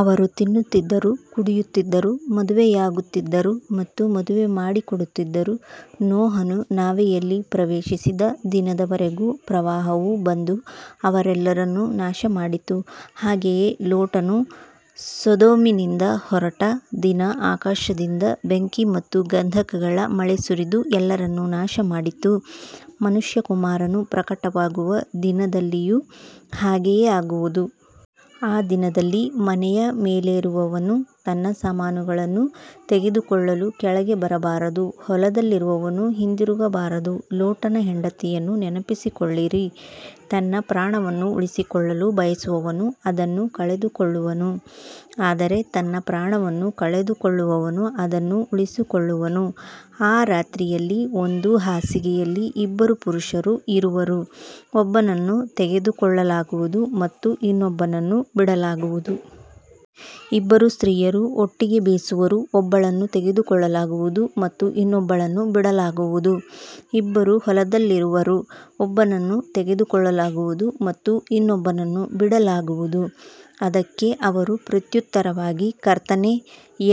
ಅವರು ತಿನ್ನುತ್ತಿದ್ದರು, ಕುಡಿಯುತ್ತಿದ್ದರು, ಮದುವೆಯಾಗುತ್ತಿದ್ದರು ಮತ್ತು ಮದುವೆ ಮಾಡಿಕೊಡುತ್ತಿದ್ದರು, ನೋಹನು ನಾವೆಯಲ್ಲಿ ಪ್ರವೇಶಿಸಿದ ದಿನದವರೆಗೂ ಪ್ರವಾಹವು ಬಂದು ಅವರೆಲ್ಲರನ್ನೂ ನಾಶಮಾಡಿತು. ಹಾಗೆಯೇ ಲೋಟನು ಸೊದೋಮಿನಿಂದ ಹೊರಟ ದಿನ ಆಕಾಶದಿಂದ ಬೆಂಕಿ ಮತ್ತು ಗಂಧಕಗಳ ಮಳೆ ಸುರಿದು ಎಲ್ಲರನ್ನೂ ನಾಶಮಾಡಿತು. ಮನುಷ್ಯಕುಮಾರನು ಪ್ರಕಟವಾಗುವ ದಿನದಲ್ಲಿಯೂ ಹಾಗೆಯೇ ಆಗುವುದು. ಆ ದಿನದಲ್ಲಿ ಮನೆಯ ಮೇಲಿರುವವನು ತನ್ನ ಸಾಮಾನುಗಳನ್ನು ತೆಗೆದುಕೊಳ್ಳಲು ಕೆಳಗೆ ಬರಬಾರದು, ಹೊಲದಲ್ಲಿರುವವನು ಹಿಂದಿರುಗಬಾರದು. ಲೋಟನ ಹೆಂಡತಿಯನ್ನು ನೆನಪಿಸಿಕೊಳ್ಳಿರಿ. ತನ್ನ ಪ್ರಾಣವನ್ನು ಉಳಿಸಿಕೊಳ್ಳಲು ಬಯಸುವವನು ಅದನ್ನು ಕಳೆದುಕೊಳ್ಳುವನು, ಆದರೆ ತನ್ನ ಪ್ರಾಣವನ್ನು ಕಳೆದುಕೊಳ್ಳುವವನು ಅದನ್ನು ಉಳಿಸಿಕೊಳ್ಳುವನು. ಆ ರಾತ್ರಿಯಲ್ಲಿ ಒಂದು ಹಾಸಿಗೆಯಲ್ಲಿ ಇಬ್ಬರು ಪುರುಷರು ಇರುವರು, ಒಬ್ಬನನ್ನು ತೆಗೆದುಕೊಳ್ಳಲಾಗುವುದು ಮತ್ತು ಇನ್ನೊಬ್ಬನನ್ನು ಬಿಡಲಾಗುವುದು. ಇಬ್ಬರು ಸ್ತ್ರೀಯರು ಒಟ್ಟಿಗೆ ಬೀಸುವರು, ಒಬ್ಬಳನ್ನು ತೆಗೆದುಕೊಳ್ಳಲಾಗುವುದು ಮತ್ತು ಇನ್ನೊಬ್ಬಳನ್ನು ಬಿಡಲಾಗುವುದು. ಇಬ್ಬರು ಹೊಲದಲ್ಲಿರುವರು, ಒಬ್ಬನನ್ನು ತೆಗೆದುಕೊಳ್ಳಲಾಗುವುದು ಮತ್ತು ಇನ್ನೊಬ್ಬನನ್ನು ಬಿಡಲಾಗುವುದು. ಅದಕ್ಕೆ ಅವರು ಪ್ರತ್ಯುತ್ತರವಾಗಿ, ಕರ್ತನೇ,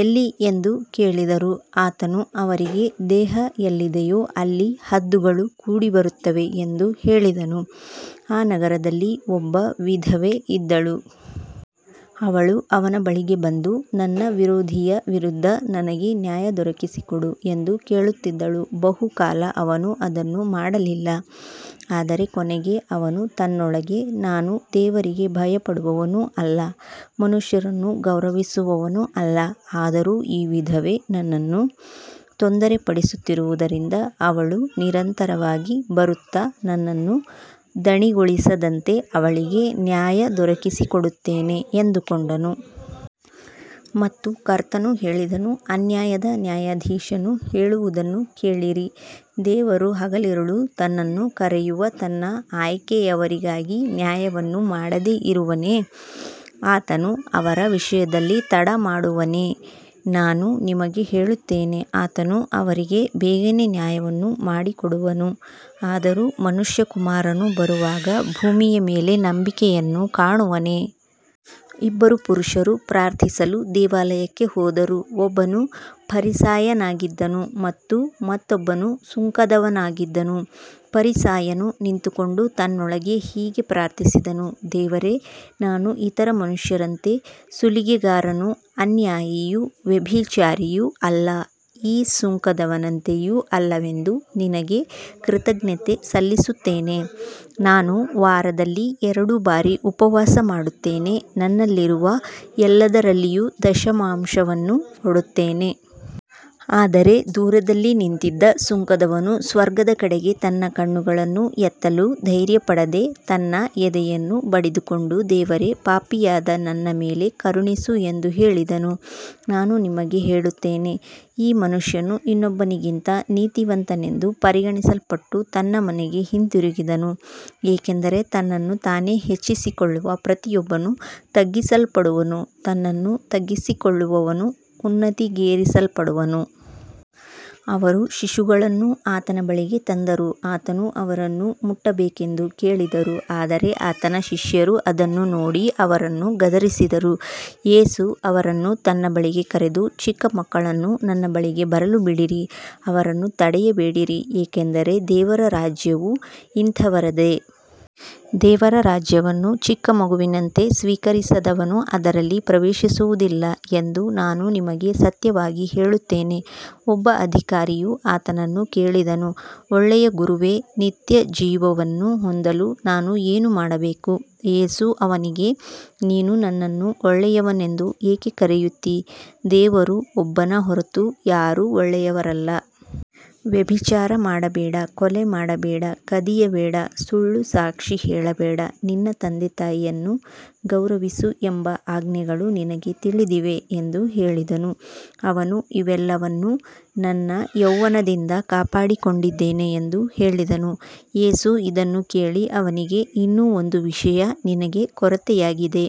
ಎಲ್ಲಿ ಎಂದು ಕೇಳಿದರು. ಆತನು ಅವರಿಗೆ, ದೇಹ ಎಲ್ಲಿದೆಯೋ ಅಲ್ಲಿ ಹದ್ದುಗಳು ಕೂಡಿಬರುತ್ತವೆ ಎಂದು ಹೇಳಿದನು. ಆ ನಗರದಲ್ಲಿ ಒಬ್ಬ ವಿಧವೆ ಇದ್ದಳು. ಅವಳು ಅವನ ಬಳಿಗೆ ಬಂದು, ನನ್ನ ವಿರೋಧಿಯ ವಿರುದ್ಧ ನನಗೆ ನ್ಯಾಯ ದೊರಕಿಸಿಕೊಡು ಎಂದು ಕೇಳುತ್ತಿದ್ದಳು. ಬಹುಕಾಲ ಅವನು ಅದನ್ನು ಮಾಡಲಿಲ್ಲ. ಆದರೆ ಕೊನೆಗೆ ಅವನು ತನ್ನೊಳಗೆ, ನಾನು ದೇವರಿಗೆ ಭಯಪಡುವವನೂ ಅಲ್ಲ, ಮನುಷ್ಯರನ್ನು ಗೌರವಿಸುವವನೂ ಅಲ್ಲ. ಆದರೂ ಈ ವಿಧವೆ ನನ್ನನ್ನು ತೊಂದರೆಪಡಿಸುತ್ತಿರುವುದರಿಂದ, ಅವಳು ನಿರಂತರವಾಗಿ ಬರುತ್ತಾ ನನ್ನನ್ನು ದಣಿಗೊಳಿಸದಂತೆ ಅವಳಿಗೆ ನ್ಯಾಯ ದೊರಕಿಸಿಕೊಡುತ್ತೇನೆ ಎಂದುಕೊಂಡನು. ಮತ್ತು ಕರ್ತನು ಹೇಳಿದನು, ಅನ್ಯಾಯದ ನ್ಯಾಯಾಧೀಶನು ಹೇಳುವುದನ್ನು ಕೇಳಿರಿ. ದೇವರು ಹಗಲಿರುಳು ತನ್ನನ್ನು ಕರೆಯುವ ತನ್ನ ಆಯ್ಕೆಯವರಿಗಾಗಿ ನ್ಯಾಯವನ್ನು ಮಾಡದೆ ಇರುವನೇ. ಆತನು ಅವರ ವಿಷಯದಲ್ಲಿ ತಡಮಾಡುವನೇ. ನಾನು ನಿಮಗೆ ಹೇಳುತ್ತೇನೆ, ಆತನು ಅವರಿಗೆ ಬೇಗನೆ ನ್ಯಾಯವನ್ನು ಮಾಡಿಕೊಡುವನು. ಆದರೂ ಮನುಷ್ಯಕುಮಾರನು ಬರುವಾಗ ಭೂಮಿಯ ಮೇಲೆ ನಂಬಿಕೆಯನ್ನು ಕಾಣುವನೇ. ಇಬ್ಬರು ಪುರುಷರು ಪ್ರಾರ್ಥಿಸಲು ದೇವಾಲಯಕ್ಕೆ ಹೋದರು, ಒಬ್ಬನು ಫರಿಸಾಯನಾಗಿದ್ದನು ಮತ್ತು ಮತ್ತೊಬ್ಬನು ಸುಂಕದವನಾಗಿದ್ದನು. ಫರಿಸಾಯನು ನಿಂತುಕೊಂಡು ತನ್ನೊಳಗೆ ಹೀಗೆ ಪ್ರಾರ್ಥಿಸಿದನು, ದೇವರೇ, ನಾನು ಇತರ ಮನುಷ್ಯರಂತೆ ಸುಲಿಗೆಗಾರನೂ ಅನ್ಯಾಯಿಯೂ ವ್ಯಭಿಚಾರಿಯೂ ಅಲ್ಲ, ಈ ಸುಂಕದವನಂತೆಯೂ ಅಲ್ಲವೆಂದು ನಿನಗೆ ಕೃತಜ್ಞತೆ ಸಲ್ಲಿಸುತ್ತೇನೆ. ನಾನು ವಾರದಲ್ಲಿ ಎರಡು ಬಾರಿ ಉಪವಾಸ ಮಾಡುತ್ತೇನೆ, ನನ್ನಲ್ಲಿರುವ ಎಲ್ಲದರಲ್ಲಿಯೂ ದಶಮಾಂಶವನ್ನು ಕೊಡುತ್ತೇನೆ. ಆದರೆ ದೂರದಲ್ಲಿ ನಿಂತಿದ್ದ ಸುಂಕದವನು ಸ್ವರ್ಗದ ಕಡೆಗೆ ತನ್ನ ಕಣ್ಣುಗಳನ್ನು ಎತ್ತಲೂ ಧೈರ್ಯಪಡದೆ, ತನ್ನ ಎದೆಯನ್ನು ಬಡಿದುಕೊಂಡು, ದೇವರೇ, ಪಾಪಿಯಾದ ನನ್ನ ಮೇಲೆ ಕರುಣಿಸು ಎಂದು ಹೇಳಿದನು. ನಾನು ನಿಮಗೆ ಹೇಳುತ್ತೇನೆ, ಈ ಮನುಷ್ಯನು ಇನ್ನೊಬ್ಬನಿಗಿಂತ ನೀತಿವಂತನೆಂದು ಪರಿಗಣಿಸಲ್ಪಟ್ಟು ತನ್ನ ಮನೆಗೆ ಹಿಂತಿರುಗಿದನು. ಏಕೆಂದರೆ ತನ್ನನ್ನು ತಾನೇ ಹೆಚ್ಚಿಸಿಕೊಳ್ಳುವ ಪ್ರತಿಯೊಬ್ಬನು ತಗ್ಗಿಸಲ್ಪಡುವನು, ತನ್ನನ್ನು ತಗ್ಗಿಸಿಕೊಳ್ಳುವವನು ಉನ್ನತಿಗೇರಿಸಲ್ಪಡುವನು. ಅವರು ಶಿಶುಗಳನ್ನೂ ಆತನ ಬಳಿಗೆ ತಂದರು, ಆತನು ಅವರನ್ನು ಮುಟ್ಟಬೇಕೆಂದು ಕೇಳಿದರು. ಆದರೆ ಆತನ ಶಿಷ್ಯರು ಅದನ್ನು ನೋಡಿ ಅವರನ್ನು ಗದರಿಸಿದರು. ಯೇಸು ಅವರನ್ನು ತನ್ನ ಬಳಿಗೆ ಕರೆದು, ಚಿಕ್ಕ ಮಕ್ಕಳನ್ನು ನನ್ನ ಬಳಿಗೆ ಬರಲು ಬಿಡಿರಿ, ಅವರನ್ನು ತಡೆಯಬೇಡಿರಿ, ಏಕೆಂದರೆ ದೇವರ ರಾಜ್ಯವು ಇಂಥವರದೇ. ದೇವರ ರಾಜ್ಯವನ್ನು ಚಿಕ್ಕ ಮಗುವಿನಂತೆ ಸ್ವೀಕರಿಸದವನು ಅದರಲ್ಲಿ ಪ್ರವೇಶಿಸುವುದಿಲ್ಲ ಎಂದು ನಾನು ನಿಮಗೆ ಸತ್ಯವಾಗಿ ಹೇಳುತ್ತೇನೆ. ಒಬ್ಬ ಅಧಿಕಾರಿಯು ಆತನನ್ನು ಕೇಳಿದನು, ಒಳ್ಳೆಯ ಗುರುವೇ, ನಿತ್ಯಜೀವವನ್ನು ಹೊಂದಲು ನಾನು ಏನು ಮಾಡಬೇಕು. ಯೇಸು ಅವನಿಗೆ, ನೀನು ನನ್ನನ್ನು ಒಳ್ಳೆಯವನೆಂದು ಏಕೆ ಕರೆಯುತ್ತೀ. ದೇವರು ಒಬ್ಬನ ಹೊರತು ಯಾರೂ ಒಳ್ಳೆಯವರಲ್ಲ. ವ್ಯಭಿಚಾರ ಮಾಡಬೇಡ, ಕೊಲೆ ಮಾಡಬೇಡ, ಕದಿಯಬೇಡ, ಸುಳ್ಳು ಸಾಕ್ಷಿ ಹೇಳಬೇಡ, ನಿನ್ನ ತಂದೆತಾಯಿಯನ್ನು ಗೌರವಿಸು ಎಂಬ ಆಜ್ಞೆಗಳು ನಿನಗೆ ತಿಳಿದಿವೆ ಎಂದು ಹೇಳಿದನು. ಅವನು, ಇವೆಲ್ಲವನ್ನೂ ನನ್ನ ಯೌವನದಿಂದಲೂ ಕಾಪಾಡಿಕೊಂಡಿದ್ದೇನೆ ಎಂದು ಹೇಳಿದನು. ಯೇಸು ಇದನ್ನು ಕೇಳಿ ಅವನಿಗೆ, ಇನ್ನೂ ಒಂದು ವಿಷಯ ನಿನಗೆ ಕೊರತೆಯಾಗಿದೆ.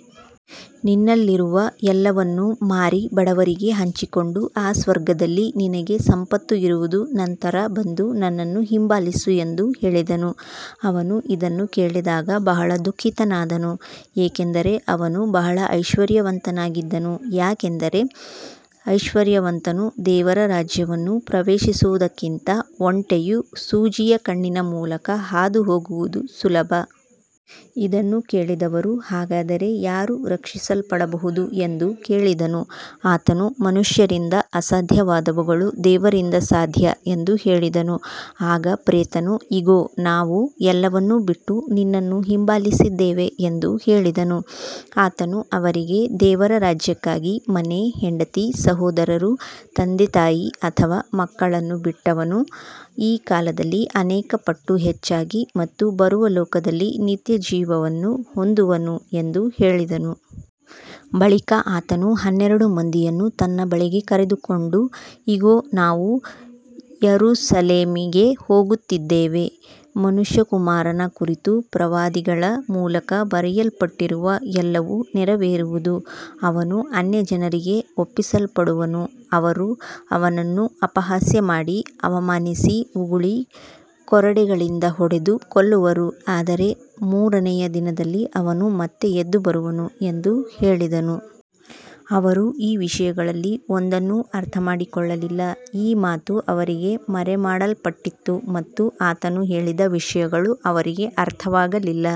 ನಿನ್ನಲ್ಲಿರುವ ಎಲ್ಲವನ್ನೂ ಮಾರಿ ಬಡವರಿಗೆ ಹಂಚಿಕೊಡು, ಆಗ ಸ್ವರ್ಗದಲ್ಲಿ ನಿನಗೆ ಸಂಪತ್ತು ಇರುವುದು. ನಂತರ ಬಂದು ನನ್ನನ್ನು ಹಿಂಬಾಲಿಸು ಎಂದು ಹೇಳಿದನು. ಅವನು ಇದನ್ನು ಕೇಳಿದಾಗ ಬಹಳ ದುಃಖಿತನಾದನು, ಏಕೆಂದರೆ ಅವನು ಬಹಳ ಐಶ್ವರ್ಯವಂತನಾಗಿದ್ದನು. ಯಾಕಂದರೆ ಐಶ್ವರ್ಯವಂತನು ದೇವರ ರಾಜ್ಯವನ್ನು ಪ್ರವೇಶಿಸುವುದಕ್ಕಿಂತ ಒಂಟೆಯು ಸೂಜಿಯ ಕಣ್ಣಿನ ಮೂಲಕ ಹಾದುಹೋಗುವುದು ಸುಲಭ. ಇದನ್ನು ಕೇಳಿದವರು, ಹಾಗಾದರೆ ಯಾರು ರಕ್ಷಿಸಲ್ಪಡಬಹುದು ಎಂದು ಕೇಳಿದರು. ಆತನು, ಮನುಷ್ಯರಿಂದ ಅಸಾಧ್ಯವಾದವುಗಳು ದೇವರಿಂದ ಸಾಧ್ಯ ಎಂದು ಹೇಳಿದನು. ಆಗ ಪೇತ್ರನು, ಇಗೋ, ನಾವು ಎಲ್ಲವನ್ನೂ ಬಿಟ್ಟು ನಿನ್ನನ್ನು ಹಿಂಬಾಲಿಸಿದ್ದೇವೆ ಎಂದು ಹೇಳಿದನು. ಆತನು ಅವರಿಗೆ, ದೇವರ ರಾಜ್ಯಕ್ಕಾಗಿ ಮನೆ, ಹೆಂಡತಿ, ಸಹೋದರರು, ತಂದೆತಾಯಿ ಅಥವಾ ಮಕ್ಕಳನ್ನು ಬಿಟ್ಟವನು ಈ ಕಾಲದಲ್ಲಿ ಅನೇಕ ಪಟ್ಟು ಹೆಚ್ಚಾಗಿ ಮತ್ತು ಬರುವ ಲೋಕದಲ್ಲಿ ನಿತ್ಯಜೀವವನ್ನು ಹೊಂದುವನು ಎಂದು ಹೇಳಿದನು. ಬಳಿಕ ಆತನು ಹನ್ನೆರಡು ಮಂದಿಯನ್ನು ತನ್ನ ಬಳಿಗೆ ಕರೆದುಕೊಂಡು, ಇಗೋ, ನಾವು ಯೆರೂಸಲೇಮಿಗೆ ಹೋಗುತ್ತಿದ್ದೇವೆ. ಮನುಷ್ಯಕುಮಾರನ ಕುರಿತು ಪ್ರವಾದಿಗಳ ಮೂಲಕ ಬರೆಯಲ್ಪಟ್ಟಿರುವ ಎಲ್ಲವೂ ನೆರವೇರುವುದು. ಅವನು ಅನ್ಯಜನರಿಗೆ ಒಪ್ಪಿಸಲ್ಪಡುವನು, ಅವರು ಅವನನ್ನು ಅಪಹಾಸ್ಯ ಮಾಡಿ ಅವಮಾನಿಸಿ ಉಗುಳಿ, ಕೊರಡೆಗಳಿಂದ ಹೊಡೆದು ಕೊಲ್ಲುವರು, ಆದರೆ ಮೂರನೆಯ ದಿನದಲ್ಲಿ ಅವನು ಮತ್ತೆ ಎದ್ದುಬರುವನು ಎಂದು ಹೇಳಿದನು. ಅವರು ಈ ವಿಷಯಗಳಲ್ಲಿ ಒಂದನ್ನೂ ಅರ್ಥಮಾಡಿಕೊಳ್ಳಲಿಲ್ಲ. ಈ ಮಾತು ಅವರಿಗೆ ಮರೆಮಾಡಲ್ಪಟ್ಟಿತ್ತು ಮತ್ತು ಆತನು ಹೇಳಿದ ವಿಷಯಗಳು ಅವರಿಗೆ ಅರ್ಥವಾಗಲಿಲ್ಲ.